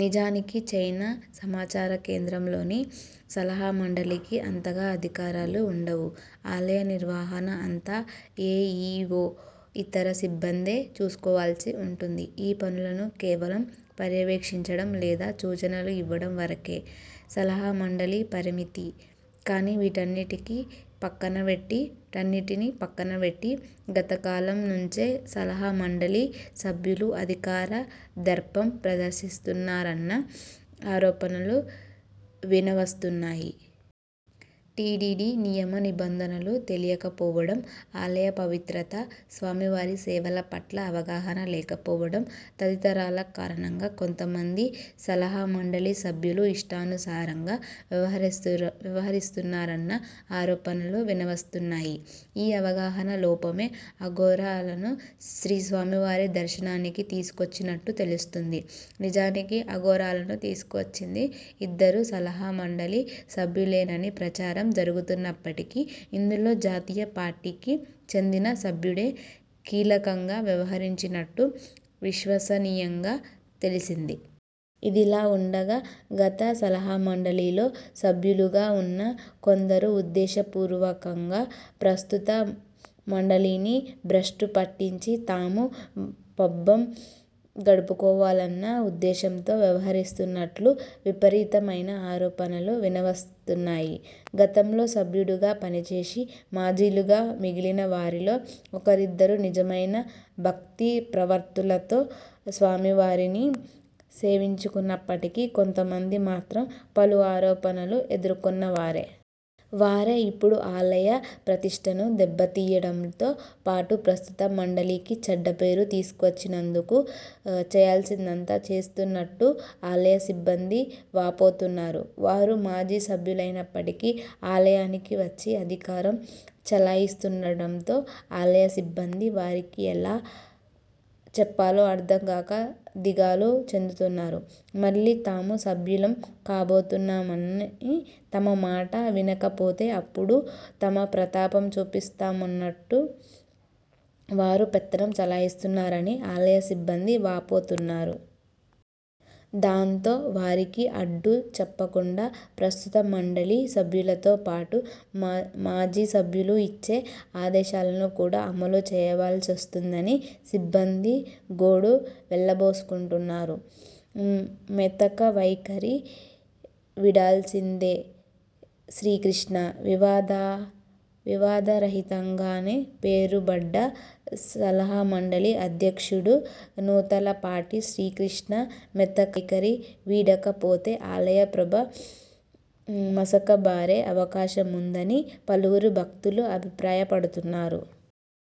నిజానికి చైనా సమాచారకేంద్రంలోని సలహామండలికి అంతగా అధికారాలు ఉండవు. ఆలయ నిర్వహణ అంతా ఏఈవో, ఇతర సిబ్బందే చూసుకోవాల్సి వుంటుంది. ఈ పనులను కేవలం పర్యవేక్షించడం, లేదా సూచనలు ఇవ్వడం వరకే సలహామండలి పరిమితి. కానీ వీటన్నింటినీ పక్కనబెట్టి గతకాలం నుంచే సలహా మండలి సభ్యులు అధికార దర్పం ప్రదర్శిస్తున్నారన్న ఆరోపణలు వినవస్తున్నాయి. టీటీడీ నియమ నిబంధనలు తెలియకపోవడం, ఆలయ పవిత్రత, స్వామివారి సేవల పట్ల అవగాహన లేకపోవడం తదితరాల కారణంగా కొంతమంది సలహామండలి సభ్యులు ఇష్టాను సారంగా వ్యవహరిస్తున్నారన్న ఆరోపణలు వినవస్తున్నాయి. ఈ అవగాహనా లోపమే అఘోరా లను శ్రీస్వామివారి దర్శనానికి తీసుకొచ్చినట్టు తెలుస్తోంది. నిజానికి అఘోరాలను తీసుకొచ్చింది ఇద్దరు సలహామండలి సభ్యులేనని ప్రచారం జరుగుతున్నప్పటికీ ఇందులో జాతీయ పార్టీకి చెందిన సభ్యుడే కీలకంగా వ్యవహరించినట్టు విశ్వసనీయంగా తెలిసింది. ఇదిలా వుండగా గత సలహామండలిలో సభ్యులుగా వున్న కొందరు ఉద్దేశపూర్వంగా ప్రస్తుత మండలిని భ్రష్టు పట్టించి తాము పబ్బం గడుపుకోవాలన్న ఉద్దేశంతో వ్యవహరిస్తున్నట్టు విపరీతమైన ఆరోపణలు వినవస్తున్నాయి. గతంలో సభ్యులుగా పనిచేసి మాజీలుగా మిగిలినవారిలో ఒకరిద్దరు నిజమైన భక్తిప్రపత్తులతో స్వామివారిని సేవించుకున్నప్పటికీ కొంతమంది మాత్రం పలు ఆరోపణలు ఎదుర్కొన్నవారే. వారే ఇప్పుడు ఆలయ ప్రతిష్టను దెబ్బతీయడంతో పాటు ప్రస్తుత మండలికి చెడ్డ పేరు తీసుకువచ్చేందుకు చేయాల్సిందంతా చేస్తున్నట్టు ఆలయ సిబ్బంది వాపోతున్నారు. వారు మాజీ సభ్యులైనప్పటికీ ఆలయానికి వచ్చి అధికారం చెలాయిస్తుండడంతో ఆలయ సిబ్బంది వారికి ఎలా చెప్పాలో అర్థంగాక దిగాలు చెందుతున్నారు. మళ్లీ తాము సభ్యులం కాబోతున్నామని, తమ మాట వినకపోతే అప్పుడు తమ ప్రతాపం చూపిస్తామంటూ వారు పెత్తనం చెలాయిస్తున్నారని ఆలయ సిబ్బంది వాపోతున్నారు. దాంతో వారికి అడ్డు చెప్పకుండా ప్రస్తుత మండలి సభ్యులతో పాటు మాజీ సభ్యులు ఇచ్చే ఆదేశాలను కూడా అమలు చేయాల్సివస్తోందని సిబ్బంది గోడు వెళ్లబోసుకున్నారు. మెతకవైఖరి వీడాల్సిందే శ్రీకృష్ణా! వివాదరహితునిగా పేరుబడ్డ సలహామండలి అధ్యక్షుడు నూతలపాటి శ్రీకృష్ణ మెతక వైఖరి వీడకపోతే ఆలయప్రభ మసకబారే అవకాశముందని పలువురు భక్తులు అభిప్రాయపడుతున్నారు.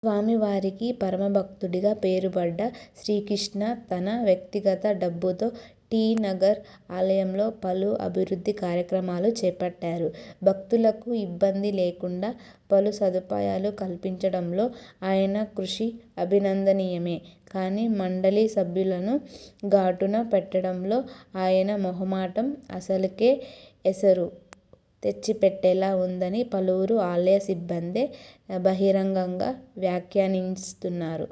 స్వామివారికి పరమభక్తునిగా పేరుబడ్డ శ్రీకృష్ణ తన వ్యక్తిగత డబ్బుతో టి. నగర్ ఆలయంలో పలు అభివృద్ధి కార్యక్రమాలు చేపట్టారు. భక్తులకు ఇబ్బంది లేకుండా పలు సదుపాయాలు కల్పించడంలోనూ ఆయన కృషి అభినందనీయమే. కానీ మండలి సభ్యులను గాటున పెట్టడంలో ఆయన మొహమాటం అసలుకే ఎసరు తెచ్చిపెట్టేలా వుందని పలువురు ఆలయ సిబ్బందే బహిరంగంగా వ్యాఖ్యానిస్తున్నారు.